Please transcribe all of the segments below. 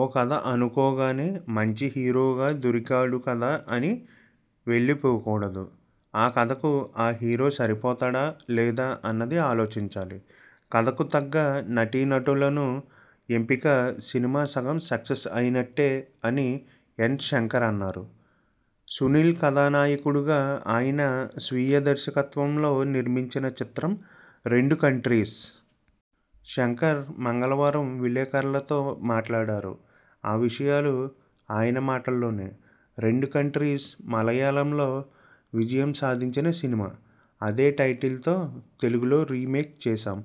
ఓ కథ అనుకోగానే మంచి హీరోగా దొరికాడు కదా అని వెళ్లి పోకూడదు. ఆ కథకు ఆ హీరో సరిపోతాడ లేదా అన్నది ఆలోచించాలి. కథకు తగ్గ నటీ నటులను ఎంపిక సినిమా సగం సక్సెస్ అయినటె'' అని ఎన్. శంకర్ అన్నారు. సునీల్ కథా నాయకుడిగా ఆయన స్వీయ దర్శకత్వంలో నిర్మించిన చిత్రం 'రెండు కంట్రీస్'. శంకర్ మంగళవారం విలేకర్లతో మాట్లాడారు. ఆ విషయాలు ఆయన మాటల్లోనే 'రెండు కంట్రీస్' మలయాళంలో విజయం సాధించిన సినిమా. అదే టైటిల్తో తెలుగులో రీమేక్ చేశాం.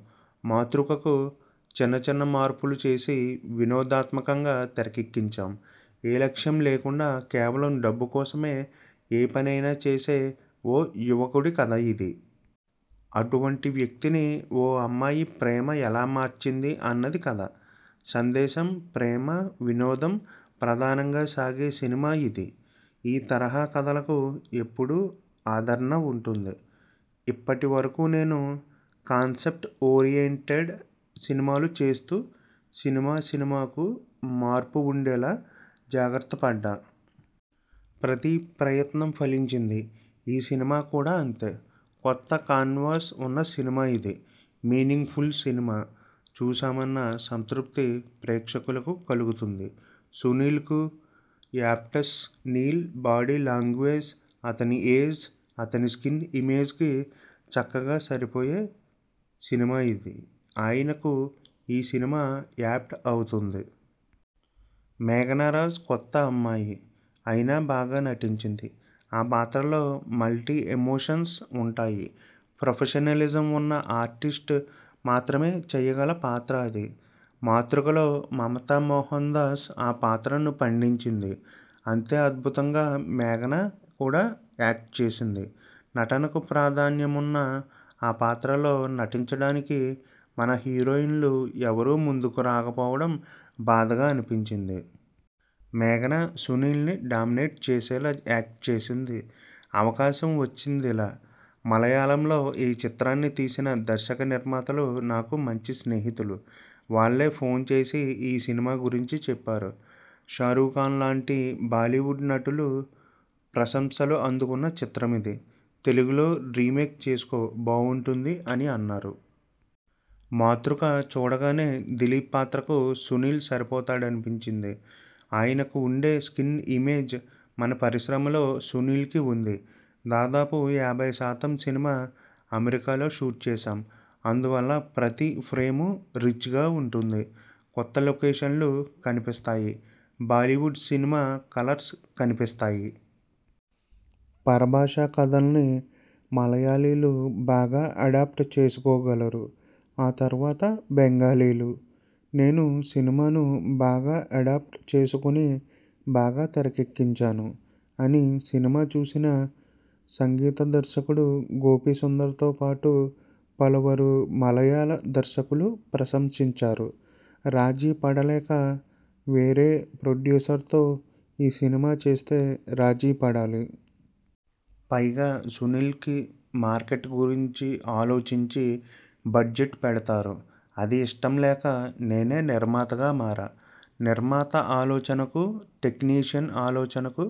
మాతృకకు చిన్నచిన్న మార్పులు చేసి వినోదాత్మకంగా తెరకెక్కించాం. ఏ లక్ష్యం లేకుండా కేవలం డబ్బు కోసమే ఏ పనైనా చేసే ఓ యువకుడి కథ ఇది. అటువంటి వ్యక్తిని ఓ అమ్మాయి ప్రేమ ఎలా మార్చింది అన్నది కథ. సందేశం, ప్రేమ, వినోదం ప్రధానంగా సాగే సినిమా ఇది. ఈ తరహా కథలకు ఎప్పుడూ ఆదరణ ఉంటుంది. ఇప్పటి వరకూ నేను కాన్సెప్ట్ ఓరియంటెడ్ సినిమాలు చేస్తూ సినిమా, సినిమాకూ మార్పు ఉండేలా జాగ్రత్త పడ్డా. ప్రతి ప్రయత్నం ఫలించింది. ఈ సినిమా కూడా అంతే. కొత్త కాన్వాస్ ఉన్న సినిమా ఇది. మీనింగ్ ఫుల్ సినిమా చూశామన్న సంతృప్తి ప్రేక్షకులకు కలుగుతుంది. సునీల్కు యాప్ట్సునీల్ బాడీ లాంగ్వేజ్, అతని ఏజ్, అతని స్ర్కీన్ ఇమేజ్కి చక్కగా సరిపోయే సినిమా ఇది. ఆయనకు ఈ సినిమా యాప్ట్ అవుతుంది. మేఘనా రాజ్ కొత్తమ్మాయి అయినా బాగా నటించింది. ఆ పాత్రలో మల్టీ ఎమోషన్స్ ఉంటాయి. ప్రొఫషనలిజం ఉన్న ఆర్టిస్ట్ మాత్రమే చేయగల పాత్ర అది. మాతృకలో మమతా మోహన్దాస్ ఆ పాత్రను పండించింది. అంతే అద్భుతంగా మేఘనా కూడా యాక్ట్ చేసింది. నటనకు ప్రాధాన్యమున్న ఆ పాత్రలో నటించడానికి మన హీరోయిన్లు ఎవరూ ముందుకు రాకపోవడం బాధగా అనిపించింది. మేఘనా సునీల్ను డామినేట్ చేసేలా యాక్ట్ చేసింది. అవకాశం వచ్చిందిలా మలయాళంలో ఈ చిత్రాన్ని తీసిన దర్శక నిర్మాతలు నాకు మంచి స్నేహితులు. వాళ్లే ఫోన్ చేసి ఈ సినిమా గురించి చెప్పారు. షారుక్ఖాన్లాంటి బాలీవుడ్ నటులు ప్రశంసలు అందుకున్న చిత్రమిది. తెలుగులో రీమేక్ చేసుకో బావుంటుంది అని అన్నారు. మాతృక చూడగానే దిలీప్ పాత్రకు సునీల్ సరిపోతాడనిపించింది. ఆయనకు ఉండే స్క్రీన్ ఇమేజ్ మన పరిశ్రమలో సునీల్కి ఉంది. దాదాపు యాభై శాతం సినిమా అమెరికాలో షూట్ చేశాం. అందువల్ల ప్రతి ఫ్రేమూ రిచ్గా ఉంటుంది. కొత్త లొకేషన్లు కనిపిస్తాయి. బాలీవుడ్ సినిమా కలర్స్ కనిపిస్తాయి. పరభాషా కథల్ని మలయాళీలు బాగా అడాప్ట్ చేసుకో గలరు. ఆ తర్వాత బెంగాలీలు. నేనీ సినిమాను బాగా అడాప్ట్ చేసుకుని బాగా తెరకెక్కించాను అని సినిమా చూసిన సంగీత దర్శకుడు గోపీసుందర్తో పాటు పలువరు మలయాళ దర్శకులు ప్రశంసించారు. రాజీపడలేక వేరే ప్రొడ్యూసర్తో ఈ సినిమా చేస్తే రాజీపడాలి. పైగా సునీల్కి మార్కెట్ గురించి ఆలోచించి బడ్జెట్ పెడతారు. అది ఇష్టం లేక నేనే నిర్మాతగా మారా, నిర్మాత ఆలోచనకు, టెక్నీషియన్ ఆలోచనకు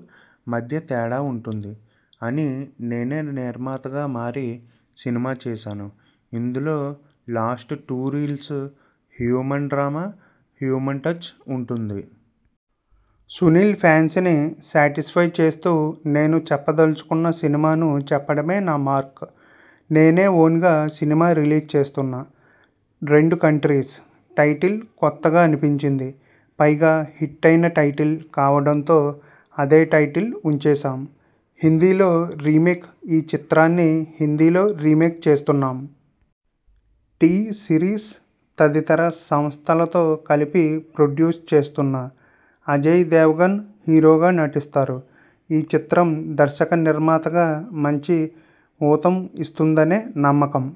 మధ్య తేడా ఉంటుంది. అని నేనే నిర్మాతగా మారి సినిమా చేశాను. ఇందులో last two reels human drama, human touch ఉంటుంది. సునీల్ ఫ్యాన్స్ ని శాటిస్ఫై చేస్తూ, నేను చెప్పదలచుకున్న సినిమాను చెప్పడమే నా మార్క్. నేనే ఓన్గా సినిమా రిలీజ్ చేస్తున్నా. 'రెండు కంట్రీస్' టైటిల్ కొత్తగా అనిపించింది. పైగా హిట్ అయిన టైటిల్ కావడంతో అదే టైటిల్ ఉంచేశాం. హిందీలో రీమేక్ఈ చిత్రాన్ని హిందీలో రీమేక్ చేస్తున్నాం. టీ సిరీస్, తదితర సంస్థలతో కలిపి ప్రొడ్యూస్ చేస్తున్నా. అజయ్ దేవ్గణ్ హీరోగా నటిస్తారు. ఈ చిత్రం దర్శక నిర్మాతగా మంచి ఊతం ఇస్తుందనే నమ్మకం